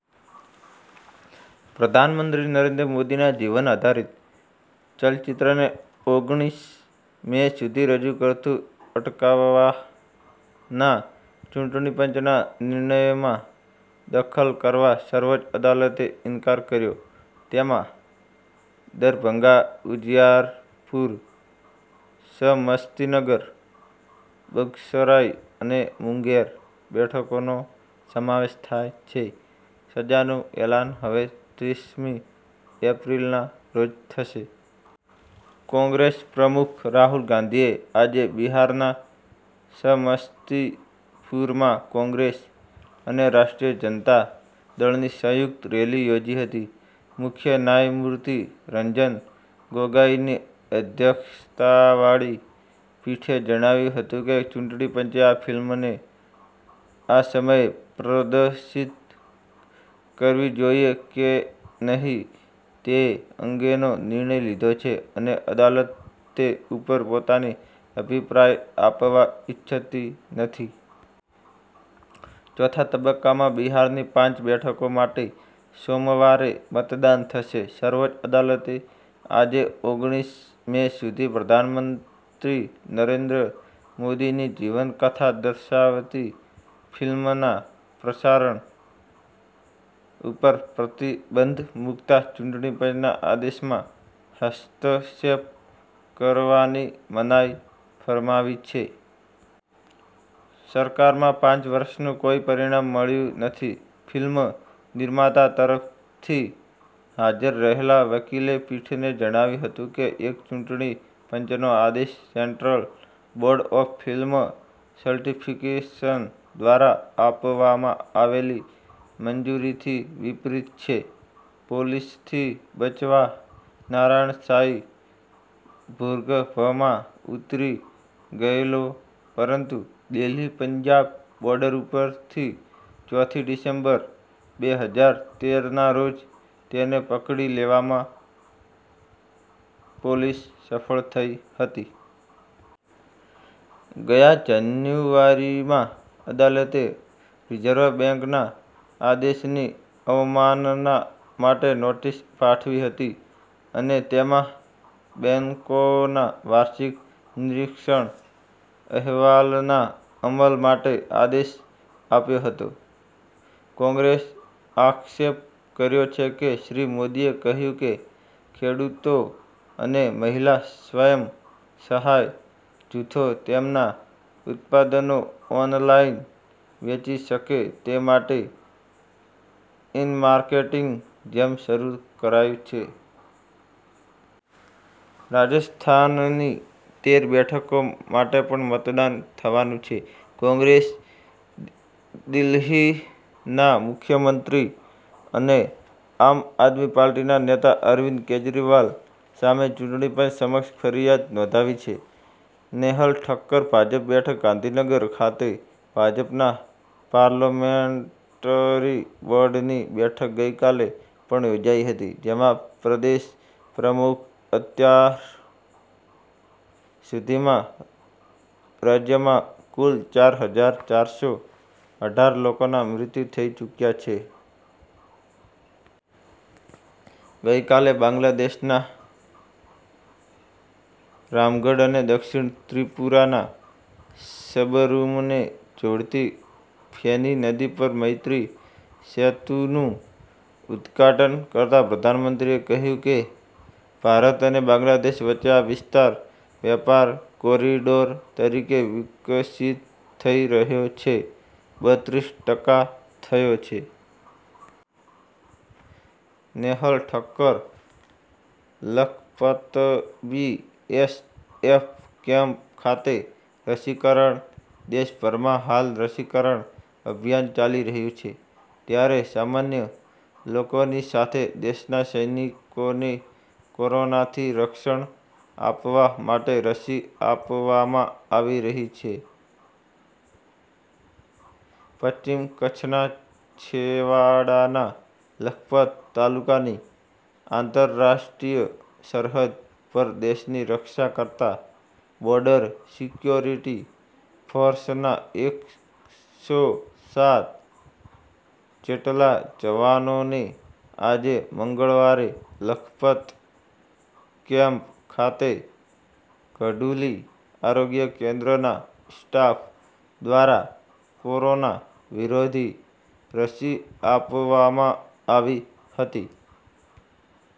પ્રધાનમંત્રી નરેન્દ્ર મોદીના જીવન આધારીત ચલચિત્રને ઓગણિસ મે સુધી રજુ કરતું અટકાવવાના ચૂંટણીપંચના નિર્ણયમાં દખલ કરવા સર્વોચ્ચ અદાલતે ઇન્કાર કર્યો. તેમાં દરભંગા ઉજીયારપુર, સમસ્તીનગર, બગસરાઈ અને મુંગેર બેઠકોનો સમાવેશ થાય છે. સજાનું એલાન હવે ત્રીસમી એપ્રિલના રોજ થશે. કોંગ્રેસ પ્રમુખ રાહુલ ગાંધીએ આજે બિહારના સમસ્તીપુરમાં કોંગ્રેસ અને રાષ્ટ્રીય જનતા દળની સંયુક્ત રેલી યોજી હતી. મુખ્ય ન્યાયમૂર્તિ રંજન ગોગોઈની અધ્યક્ષતાવાળી પીઠે જણાવ્યું હતું કે ચૂંટણી પંચે આ ફિલ્મને આ સમયે પ્રદર્શિત કરવી જોઈએ કે નહીં તે અંગેનો નિર્ણય લીધો છે, અને અદાલત તે ઉપર પોતાનો અભિપ્રાય આપવા ઈચ્છતી નથી. ચોથા તબક્કામાં બિહારની પાંચ બેઠકો માટે સોમવારે મતદાન થશે. સર્વોચ્ચ અદાલતે આજે ઓગણીસ મે સુધી પ્રધાનમંત્રી નરેન્દ્ર મોદીની જીવન કથા દર્શાવતી ફિલ્મના પ્રસારણ ઉપર પ્રતિબંધ મુકતા ચૂંટણી પંચના આદેશમાં હસ્તક્ષેપ કરવાની મનાઈ ફરમાવી છે. સરકારમાં પાંચ વર્ષનું કોઇ પરિણામ મળ્યું નથી. ફિલ્મ નિર્માતા તરફથી હાજર રહેલા વકીલે પીઠને જણાવ્યું હતું કે, એક ચૂંટણી પંચનો આદેશ Central Board of Film Certification દ્વારા આપવામાં આવેલી મંજુરીથી વિપરીત છે. પોલીસથી બચવા નારાયણ સાંઈ ભૂગર્ભમાં ઊતરી ગયેલો, પરંતુ દિલ્હી પંજાબ બોર્ડર ઉપરથી ચોથી ડિસેમ્બર બે હજાર તેર ના રોજ તેને પકડી લેવામાં પોલીસ સફળ થઈ હતી. ગયા જાન્યુઆરીમાં અદાલતે રીઝર્વ બેન્કના આદેશની અવમાનના માટે નોટીસ પાઠવી હતી, અને તેમાં બેન્કોના વાર્ષિક નીરિક્ષણ અહેવાલના અમલ માટે આદેશ આપ્યો હતો. કોંગ્રેસે આક્ષેપ કર્યો છે કે શ્રી મોદીએ કહ્યું કે, ખેડૂતો અને મહિલા સ્વયં સહાય જૂથો તેમનાં ઉત્પાદનો ઓનલાઇન વેચી શકે તે માટે ઇ-માર્કેટીંગ જેમ શરુ કરાયું છે. રાજસ્થાનની તેર બેઠકો માટે પણ મતદાન થવાનું છે. કોંગ્રેસે દિલ્હીના મુખ્યમંત્રી અને આમ આદમી પાર્ટીના નેતા અરવિંદ કેજરીવાલ સામે ચૂંટણીપંચ સમક્ષ ફરીયાદ નોંધાવી છે. નેહલ ઠક્કર ભાજપ બેઠક ગાંધીનગર ખાતે ભાજપના પાર્લામેન્ટરી બોર્ડની બેઠક ગઈકાલે પણ યોજાઈ હતી, જેમાં પ્રદેશ પ્રમુખ અત્યાર સુધીમાં રાજ્યમાં કુલ ચાર હજાર ચાર સો અઢાર લોકોના મૃત્યુ થઈ ચૂક્યા છે. ગઈકાલે બાંગ્લાદેશના રામગઢ અને દક્ષિણ ત્રીપુરાના સબરૂમને જોડતી ફેની નદી પર મૈત્રી સેતુનું ઉદઘાટન કરતાં પ્રધાનમંત્રીએ કહ્યું કે, ભારત અને બાંગ્લાદેશ વચ્ચે આ વિસ્તાર વેપાર કોરિડોર તરીકે વિકસિત થઈ રહ્યો છે. બત્રીસ ટકા થયો છે. નેહલ ઠક્કર લખપતબી એસ.એફ. કેમ્પ ખાતે રસીકરણ. દેશભરમાં હાલ રસીકરણ અભિયાન ચાલી રહ્યું છે. ત્યારે સામાન્ય લોકોની સાથે દેશના સૈનિકોને કોરોનાથી રક્ષણ આપવા માટે રસી આપવામાં આવી રહી છે. પશ્ચિમ કચ્છના છેવાડાના લખપત તાલુકાની આંતરરાષ્ટ્રીય સરહદ પર દેશની રક્ષા કરતા બોર્ડર સિક્યોરિટી ફોર્સના એક સો સાત જેટલા જવાનોને આજે મંગળવારે લખપત કેમ્પ ખાતે ઘડુલી આરોગ્ય કેન્દ્રના સ્ટાફ દ્વારા કોરોના વિરોધી રસી આપવામાં આવી હતી.